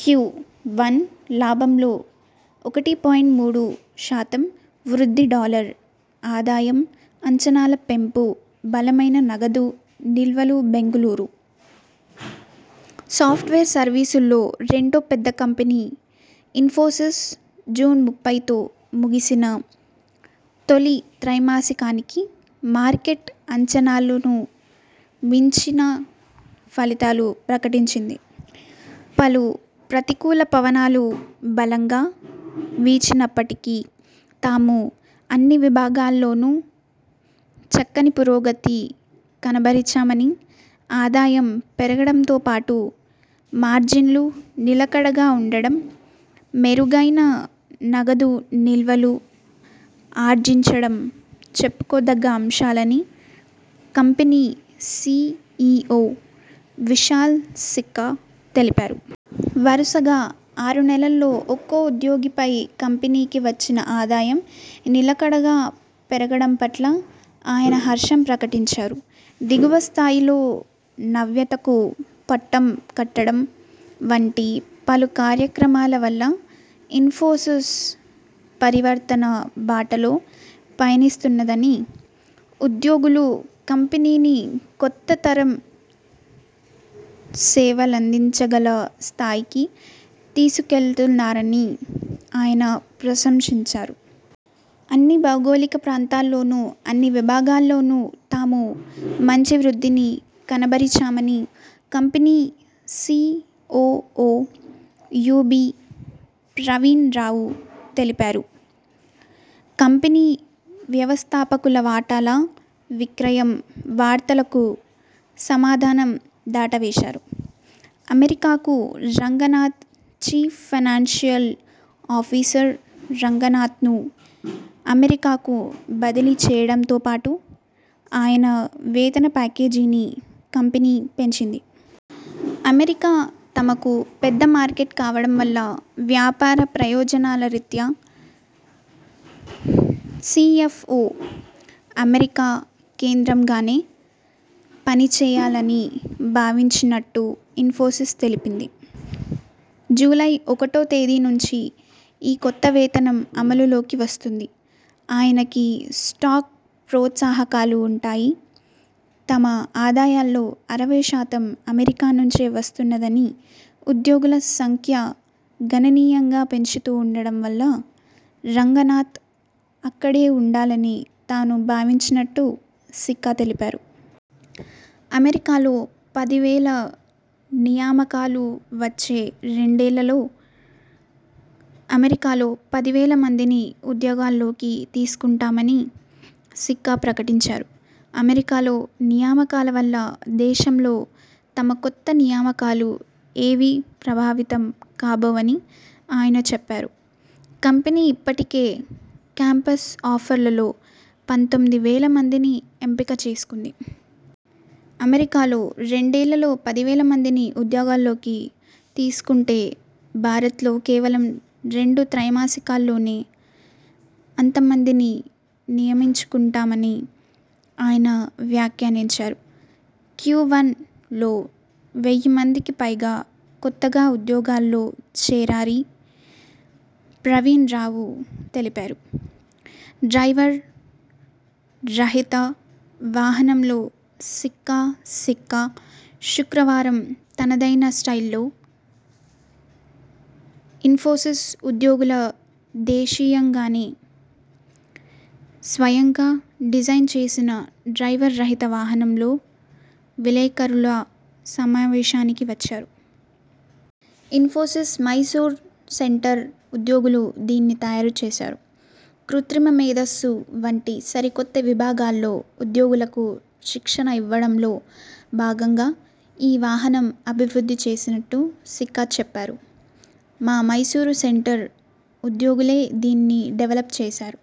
Q one లాభంలో ఒకటి point మూడు శాతం వృద్ధిడాలర్ ఆదాయం అంచనాల పెంపు బలమైన నగదు నిల్వలుబెంగళూరు: సాఫ్ట్వేర్ సర్వీసుల్లో రెండో పెద్ద కంపెనీ ఇన్ఫోసిస్ జూన్ ముప్పై తో ముగిసిన తొలి త్రైమాసికానికి మార్కెట్ అంచనాలను మించిన ఫలితాలు ప్రకటించింది. పలు ప్రతికూల పవనాలు బలంగా వీచినప్పటికీ తాము అన్ని విభాగాల్లోనూ చక్కని పురోగతి కనబరిచామని, ఆదాయం పెరగడంతోపాటు, మార్జిన్లు నిలకడగా ఉండడం, మెరుగైన నగదు నిల్వలు ఆర్జించడం చెప్పుకోదగ్గ అంశాలని కంపెనీ సిఇఒ విశాల్ సిక్కా తెలిపారు. వరుసగా ఆరు నెలల్లో ఒక్కో ఉద్యోగిపై కంపెనీకి వచ్చిన ఆదాయం నిలకడగా పెరగడం పట్ల ఆయన హర్షం ప్రకటించారు. దిగువ స్థాయిలో నవ్యతకు పట్టం కట్టడం వంటి పలు కార్యక్రమాల వల్ల ఇన్ఫోసిస్ పరివర్తన బాటలో పయనిస్తున్నదని, ఉద్యోగులు కంపెనీని కొత్త తరం సేవలందించగల స్థాయికి తీసుకువెళ్తున్నారని ఆయన ప్రశంసించారు. అన్ని భౌగోళిక ప్రాంతాల్లోను, అన్ని విభాగాల్లోను తాము మంచి వృద్ధిని కనబరిచామని company COO UB Pravin Rao తెలిపారు. కంపెనీ వ్యవస్థాపకుల వాటాల విక్రయం వార్తలకు సమాధానం దాటవేశారు. అమెరికాకు రంగనాథ్ చీఫ్ ఫైనాన్షియల్ ఆఫీసర్ రంగనాథ్ను అమెరికాకు బదిలీ చేయడంతోపాటు ఆయన వేతన ప్యాకేజీని కంపెనీ పెంచింది. అమెరికా తమకు పెద్ద మార్కెట్ కావడం వల్ల వ్యాపార ప్రయోజనాల రీత్యా సిఎ్ఫఒ అమెరికా కేంద్రంగానే పని చేయాలని భావించినట్టు ఇన్ఫోసిస్ తెలిపింది. జూలై ఒకటో తేదీ నుంచి ఈ కొత్త వేతనం అమలులోకి వస్తుంది. ఆయనకి స్టాక్ ప్రోత్సాహకాలు ఉంటాయి. తమ ఆదాయాల్లో అరవై శాతం అమెరికా నుంచే వస్తున్నదని, ఉద్యోగుల సంఖ్య గణనీయంగా పెంచుతూ ఉండడం వల్ల రంగనాథ్ అక్కడే ఉండాలని తాను భావించినట్టు సిక్కా తెలిపారు. అమెరికాలో పది వేల నియామకాలువచ్చే రెండేళ్లలో అమెరికాలో పది వేల మందిని ఉద్యోగాల్లోకి తీసుకుంటామని సిక్కా ప్రకటించారు. అమెరికాలో నియామకాల వల్ల దేశంలో తమ కొత్త నియామకాలు ఏవీ ప్రభావితం కాబోవని ఆయన చెప్పారు. కంపెనీ ఇప్పటికే క్యాంపస్ ఆఫర్లలో పంతొమ్మిది వేల మందిని ఎంపిక చేసుకుంది. అమెరికాలో రెండేళ్ళలో పది వేల మందిని ఉద్యోగాల్లోకి తీసుకుంటే భారత్లో కేవలం రెండు త్రైమాసికాల్లోనే అంతమందిని నియమించుకుంటామని ఆయన వ్యాఖ్యానించారు. క్యువన్ లో వెయ్యి మందికి పైగా కొత్తగా ఉద్యోగాల్లో చేరారి ప్రవీణ్ రావు. డ్రైవర్ రహిత వాహనంలో సిక్కా సిక్కా శుక్రవారం తనదైన స్టైల్లో ఇన్ఫోసిస్ ఉద్యోగులు దేశీయంగానే స్వయంగా డిజైన్ చేసిన డ్రైవర్ రహిత వాహనంలో విలేకరుల సమావేశానికి వచ్చారు. ఇన్ఫోసిస్ మైసూర్ సెంటర్ ఉద్యోగులు దీన్ని తయారుచేశారు. కృత్రిమ మేథస్సు వంటి సరికొత్త విభాగాల్లో ఉద్యోగులకు శిక్షణ ఇవ్వడంలో భాగంగా ఈ వాహనం అభివృద్ధి చేసినట్టు సిక్కా చెప్పారు. ''మా మైసూరు సెంటర్ ఉద్యోగులే దీన్ని డెవలప్ చేశారు.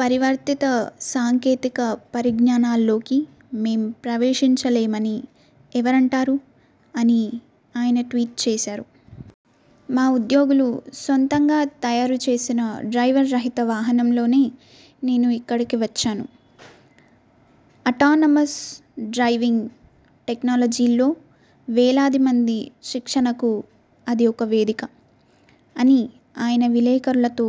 పరివర్తిత సాంకేతిక పరిజ్ఞానాల్లోకి మేం ప్రవేశించలేమని ఎవరంటారు'' అని ఆయన ట్వీట్ చేశారు. ''మా ఉద్యోగులు సొంతంగా తయారుచేసిన డ్రైవర్ రహిత వాహనంలోనే నేను ఇక్కడకు వచ్చాను, అటానమస్ డ్రైవింగ్ టెక్నాలజీల్లో వేలాది మంది శిక్షణకు అది ఒక వేదిక'' అని ఆయన విలేకరులతో అన్నారు.